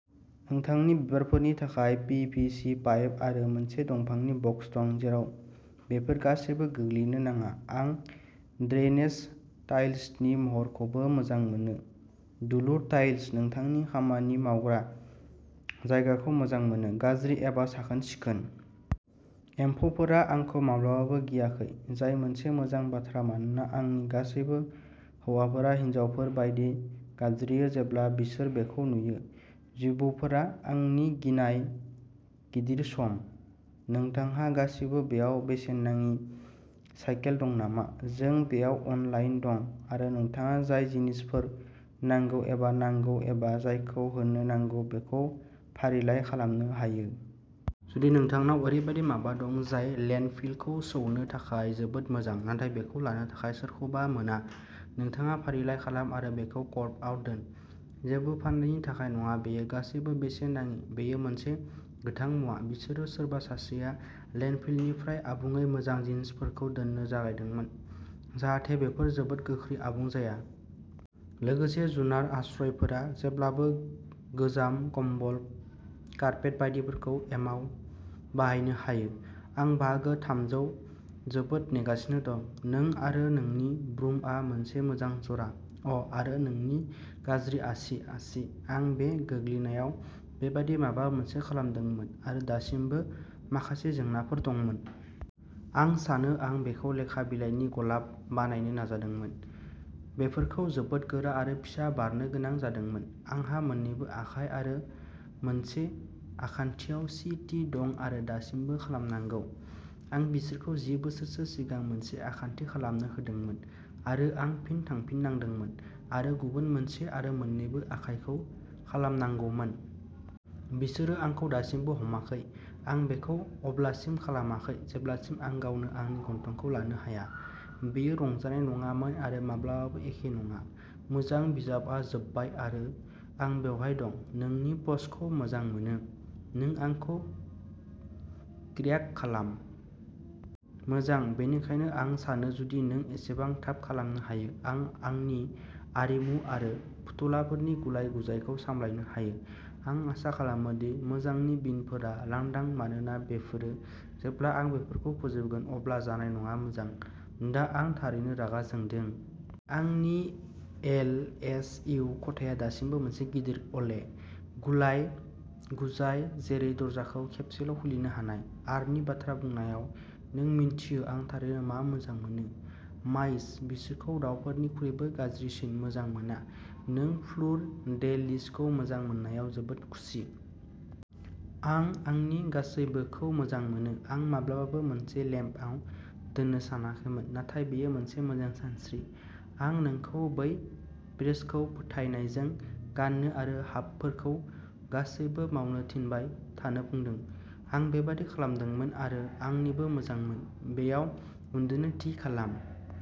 नोंथांनि बिबारफोरनि थाखाय पि भि सि पाइप आरो मोनसे दंफांनि बक्स दं, जेराव बेफोर गासैबो गोग्लैनो नाङा। आं ड्रेनेज टाइल्सनि महरखौबो मोजां मोनो दुलुर टाइल्स! नोंथांनि खामानि मावग्रा जायगाखौ मोजां मोनो, गाज्रि एबा साखोन सिखोन। एम्फौफोरा आंखौ माब्लाबाबो गियाखै, जाय मोनसे मोजां बाथ्रा मानोना आंनि गासैबो हौवाफोरा हिनजावफोर बायदि गाबज्रियो जेब्ला बिसोर बेखौ नुयो। जिबौफोरा आंनि गिनाय गिदिर सम। नोंथांहा गासिबो बेयाव बेसेन नाङि साइकेल दं नामा? जों बेयाव अनलाइन दं आरो नोंथाङा जाय जिनिसफोर नांगौ एबा नांगौ एबा जायखौ होनो नांगौ बेखौ फारिलाइ खालामनो हायो। जुदि नोंथांनाव ओरैबायदि माबा दं जाय लेन्डफिलखौ सौनो थाखाय जोबोद मोजां, नाथाय बेखौ लानो थाखाय सोरखौबा मोना नोंथाङा फारिलाइ खालाम आरो बेखौ कर्बआव दोन। जेबो फाननायनि थाखाय नङा बेयो गासैबो बेसेन नाङि। बेयो मोनसे गोथां मुवा, बिसोरो सोरबा सासेआ लेन्डफिलनिफ्राय आबुङै मोजां जिनिसफोरखौ दोननो जागायदोंमोन जाहाथे बेफोर जोबोद गोख्रै आबुं जाया। लोगोसे जुनार आश्रयफोरा जेब्लाबो गोजाम कम्बल, कार्पेट बायदिफोरखौ एमाव बाहायनो हायो। आं बाहागो थामखौ जोबोद नेगासिनो दं। नों आरो नोंनि ब्रुमआ मोनसे मोजां जरा! अ' आरो नोंनि गाज्रि आसि-आसि! आं बे गोग्लैनायाव बेबादि माबा मोनसे खालामदोंमोन आरो दासिमबो माखासे जेंनाफोर दंमोन। आं सानो आं बेखौ लेखा बिलाइनि गलाब बानायनो नाजादोंमोन, बेफोरखौ जोबोद गोरा आरो फिसा बारनो गोनां जादोंमोन। आंहा मोन्नैबो आखाइ आरो मोनसे आखान्थिआव सि टि दं आरो दासिमबो खालामनांगौ। आं बिसोरखौ जि बोसोरसो सिगां मोनसे आखान्थि खालामनो होदोंमोन आरो आं फिन थांफिननांदोंमोन आरो गुबुन मोनसे आरो मोन्नैबो आखाइखौ खालामनांगौमोन। बिसोरो आंखौ दासिमबो हमाखै। आं बेखौ अब्लासिम खालामाखै जेब्लासिम आं गावनो आंनि गन्थंखौ लानो हाया। बेयो रंजानाय नङामोन आरो माब्लाबाबो एखे नङा। मोजां, बिजाबआ जोबबाय आरो आं बेवहाय दं। नोंनि पस्टखौ मोजां मोनो, नों आंखौ क्र्याक खालाम! मोजां, बेनिखायनो आं सानो जुदि नों एसेबां थाब खालामनो हायो, आं आंनि आरिमु आरो फुथुलाफोरनि गुलाय-गुजायखौ सामलायनो हायो आं आसा खालामो दि मोजांनि बिनफोरा लांदां मानोना बेफोरो जेब्ला आं बेफोरखौ फोजोबगोन अब्ला जानाय नङा मोजां, दा आं थारैनो रागा जोंदों। आंनि एलएसइउ खथाया दासिमबो मोनसे गिदिर अले गुलाय-गुजाय। जेरै दरजाखौ खेबसेल' खुलिनो हानाय। आरनि बाथ्रा बुंनायाव, नों मिन्थियो आं थारैनो मा मोजां मोनो? माइस! बिसोरखौ दावफोरनिख्रुइबो गाज्रिसिन मोजां मोना। नों फ्लुर दे लिसखौ मोजां मोननायाव जोबोद खुसि। आं आंनि गासैबोखौ मोजां मोनो! आं माब्लाबाबो मोनसे लेम्पआव दोननो सानाखैमोन नाथाय बेयो मोनसे मोजां सानस्रि। आं नोंखौ बै ब्रेसखौ फोथायनायजों गान्नो आरो हाबफोरखौ गासैबो मावनो थिनबाय थानो बुंदों। आं बेबादि खालामदोंमोन आरो आंनिबो मोजांमोन। बेयाव उन्दुनो थि खालाम!